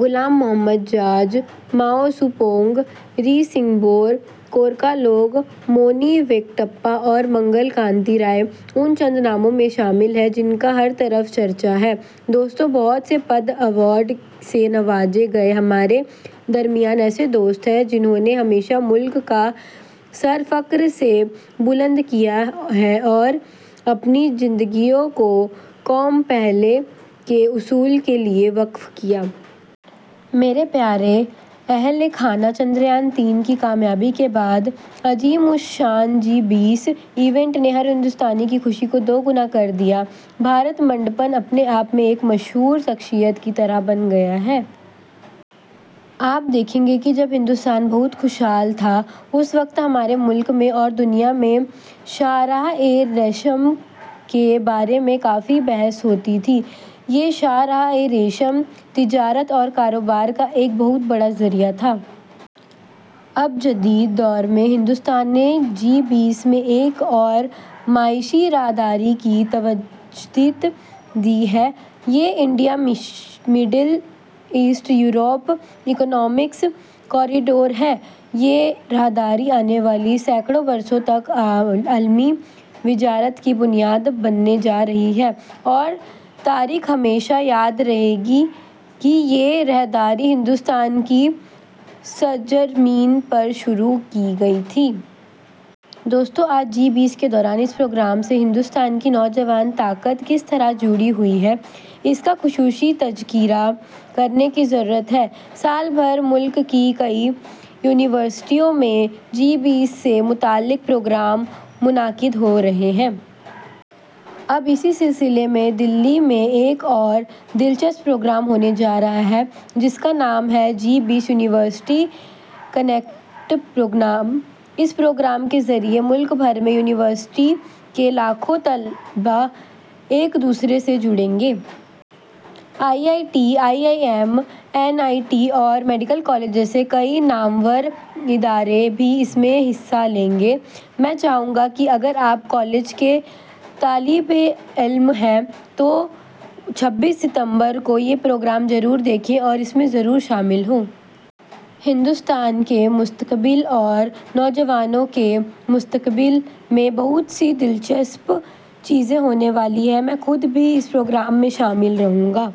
غلام محمد زاز، ماؤ سو pong, Ri Singbor Kurkalang لانگ، مونی وینکٹپا اور منگل کانتی رائے ان چند ناموں میں شامل ہیں جن کا ہر طرف چرچا ہے۔ دوستو، بہت سے پدم ایوارڈ یافتہ ہمارے درمیان ایسے دوست ہیں، جنہوں نے ہمیشہ ملک کا سر فخر سے بلند کیا، اور اپنی زندگیوں کو "قوم پہلے" کے اصول کے لیے وقف کیا۔ لوگ اس کے ساتھ سیلفی لے رہے ہیں اور فخر سے پوسٹ بھی کر رہے ہیں۔ بھارت نے اس سربراہ اجلاس میں افریقی یونین کو جی ٹوئنٹی کا مکمل رکن بنا کر اپنی قیادت ثابت کی ہے۔ آپ دیکھیں گے کہ جب بھارت بہت خوشحال تھا، اس وقت ہمارے ملک میں اور دنیا میں شاہراہِ ریشم کے بارے میں کافی بحث ہوتی تھی۔ یہ شاہراہِ ریشم تجارت اور کاروبار کا ایک بہت بڑا ذریعہ تھا۔ اب جدید دور میں بھارت نے جی ٹوئنٹی میں ایک اور اقتصادی راہداری کی تجویز دی ہے۔ یہ India Middle East Europe economic corridor ہے۔ یہ راہداری آنے والے سینکڑوں برسوں تک عالمی تجارت کی بنیاد بننے جا رہی ہے اور تاریخ ہمیشہ یاد رکھے گی کہ یہ راہداری بھارت کی سرزمین پر شروع کی گئی تھی۔ دوستو، آج جی ٹوئنٹی کے دوران اس پروگرام سے بھارت کی نوجوان طاقت کس طرح جڑی ہوئی ہے، اس کے خصوصی تذکرے کی ضرورت ہے۔ سال بھر ملک کی کئی یونیورسٹیوں میں جی ٹوئنٹی سے متعلق پروگرام منعقد ہوتے رہے۔ اب اسی سلسلے میں دہلی میں ایک اور دل چسپ پروگرام ہونے جا رہا ہے جس کا نام ہے G twenty university connect program. اس پروگرام کے ذریعے ملک بھر میں یونیورسٹی کے لاکھوں طلبہ ایک دوسرے سے جڑیں گے۔ I I T, I I M, N I T اور میڈیکل کالج جیسے کئی نامور ادارے بھی اس میں حصہ لیں گے۔ میں چاہوں گا کہ اگر آپ کالج کے طالب علم ہیں تو چھبیس ستمبر کو یہ پروگرام ضرور دیکھیں، اس میں ضرور شامل ہوں۔ بھارت کے مستقبل میں، نوجوانوں کے مستقبل پر بہت سی دل چسپ چیزیں ہونے والی ہیں۔ میں خود بھی اس پروگرام میں شامل رہوں۔